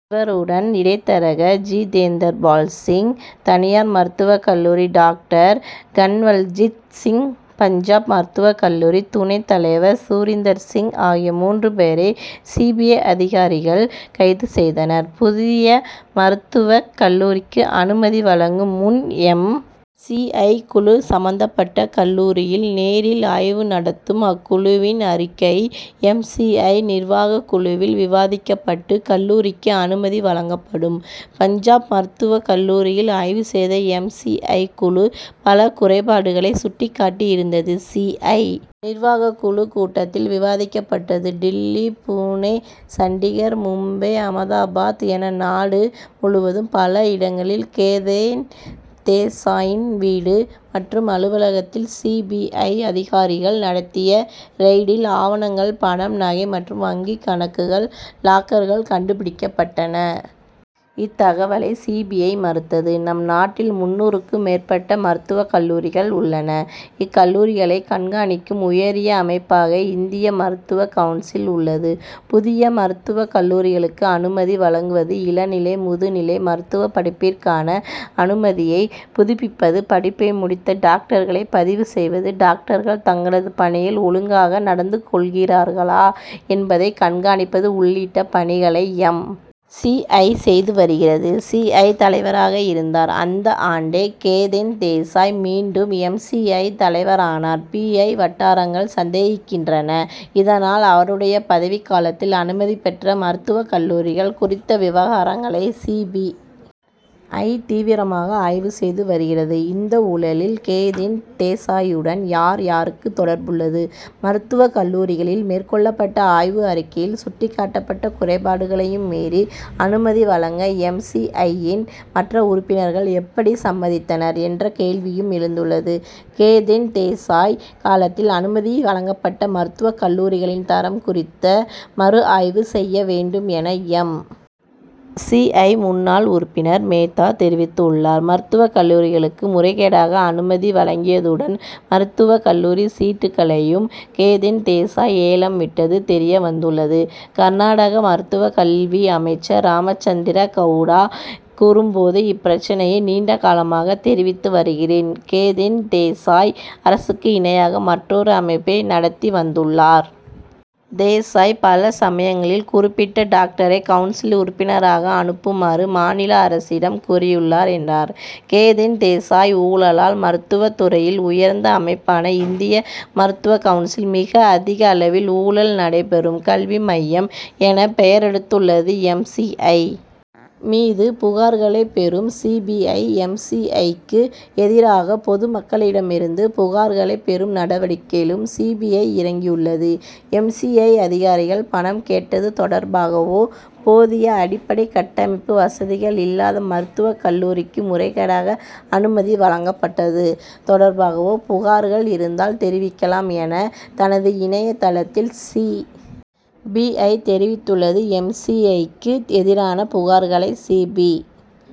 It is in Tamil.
இவருடன் இடைத்தரகர் ஜிதேந்தர்பால் சிங் தனியார் மருத்துவக் கல்லூரி டாக்டர் கன்வல்ஜித் சிங் பஞ்சாப் மருத்துவக் கல்லூரி துணைத் தலைவர் சூரீந்தர் சிங் ஆகிய மூன்று பேரை சி. பி. ஐ. அதிகாரிகள் கைது செய்தனர். புதிய மருத்துவக் கல்லூரிக்கு அனுமதி வழங்கும் முன் எம். சி. ஐ. குழு சம்பந்தப்பட்ட கல்லூரியில் நேரில் ஆய்வு நடத்தும். அக்குழுவின் அறிக்கை எம். சி. ஐ. நிர்வாகக் குழுவில் விவாதிக்கப்பட்டு கல்லூரிக்கு அனுமதி வழங்கப்படும். பஞ்சாப் மருத்துவக் கல்லூரியில் ஆய்வு செய்த எம். சி. ஐ. குழு பல குறைபாடுகளை சுட்டிக்காட்டியிருந்தது. சி. ஐ. நிர்வாகக் குழு கூட்டத்தில் விவாதிக்கப்பட்டது. டில்லி புனே சண்டிகர் மும்பை ஆமதாபாத் என நாடு முழுவதும் பல இடங்களில் கேதன் தேசாயின் வீடு மற்றும் அலுவலகத்தில் சி. பி. ஐ. அதிகாரிகள் நடத்திய ரெய்டில் ஆவணங்கள் பணம் நகை மற்றும் வங்கிக் கணக்குகள் லாக்கர்கள் கண்டுபிடிக்கப்பட்டன. இத்தகவலை சி. பி. ஐ. மறுத்தது. நம் நாட்டில் முந்நூறுக்கும் மேற்பட்ட மருத்துவக் கல்லூரிகள் உள்ளன. இக்கல்லூரிகளைக் கண்காணிக்கும் உயரிய அமைப்பாக இந்திய மருத்துவக் கவுன்சில் உள்ளது. புதிய மருத்துவக் கல்லூரிகளுக்கு அனுமதி வழங்குவது இளநிலை முதுநிலை மருத்துவப் படிப்பிற்கான அனுமதியை புதுப்பிப்பது படிப்பை முடித்த டாக்டர்களை பதிவு செய்வது டாக்டர்கள் தங்களது பணியில் ஒழுங்காக நடந்துகொள்கிறார்களா என்பதை கண்காணிப்பது உள்ளிட்ட பணிகளை எம். சி. ஐ. செய்து வருகிறது. சி. ஐ. தலைவராக இருந்தார். அந்த ஆண்டே கேதன் தேசாய் மீண்டும் எம். சி. ஐ. தலைவரானார். பி. ஐ. வட்டாரங்கள் சந்தேகிக்கின்றன. இதனால் அவருடைய பதவிக் காலத்தில் அனுமதி பெற்ற மருத்துவக் கல்லூரிகள் குறித்த விவரங்களை சி. பி. ஐ. தீவிரமாக ஆய்வு செய்து வருகிறது. இந்த ஊழலில் கேதன் தேசாயுடன் யார் யாருக்கு தொடர்புள்ளது மருத்துவக் கல்லூரிகளில் மேற்கொள்ளப்பட்ட ஆய்வு அறிக்கையில் சுட்டிக்காட்டப்பட்ட குறைபாடுகளையும் மீறி அனுமதி வழங்க எம். சி. ஐ.யின் மற்ற உறுப்பினர்கள் எப்படி சம்மதித்தனர் என்ற கேள்வியும் எழுந்துள்ளது. கேதன் தேசாய் காலத்தில் அனுமதி வழங்கப்பட்ட மருத்துவக் கல்லூரிகளின் தரம் குறித்த மறுஆய்வு செய்ய வேண்டும் என எம். சி. ஐ. முன்னாள் உறுப்பினர் மேத்தா தெரிவித்துள்ளார். மருத்துவக் கல்லூரிகளுக்கு முறைகேடாக அனுமதி வழங்கியதுடன் மருத்துவக் கல்லூரி சீட்களையும் கேதன் தேசாய் ஏலம் விட்டது தெரியவந்துள்ளது. கர்நாடக மருத்துவக் கல்வி அமைச்சர் ராமச்சந்திர கவுடா கூறும்போது இப்பிரச்னையை நீண்டகாலமாக தெரிவித்து வருகிறேன். கேதன் தேசாய் அரசுக்கு இணையாக மற்றொரு அமைப்பை நடத்தி வந்துள்ளார். தேசாய் பல சமயங்களில் குறிப்பிட்ட டாக்டரை கவுன்சில் உறுப்பினராக அனுப்புமாறு மாநில அரசிடம் கூறியுள்ளார் என்றார். கேதன் தேசாய் ஊழலால் மருத்துவத் துறையில் உயர்ந்த அமைப்பான இந்திய மருத்துவக் கவுன்சில் மிக அதிகளவில் ஊழல் நடைபெறும் கல்வி மையம் என பெயரெடுத்துள்ளது. எம். சி. ஐ. மீது புகார்களை பெறும் C. B. I. M. C. ஐ.க்கு எதிராக பொதுமக்களிடமிருந்து புகார்களை பெறும் நடவடிக்கையிலும் சி. பி. ஐ. இறங்கியுள்ளது. எம். சி. ஐ. அதிகாரிகள் பணம் கேட்டது தொடர்பாகவோ போதிய அடிப்படை கட்டமைப்பு வசதிகள் இல்லாத மருத்துவக் கல்லூரிக்கு முறைகேடாக அனுமதி வழங்கப்பட்டது தொடர்பாகவோ புகார்கள் இருந்தால் தெரிவிக்கலாம் என தனது இணையதளத்தில் சி. பி. ஐ. தெரிவித்துள்ளது. எம். சி. ஐ.க்கு எதிரான புகார்களை சி. பி.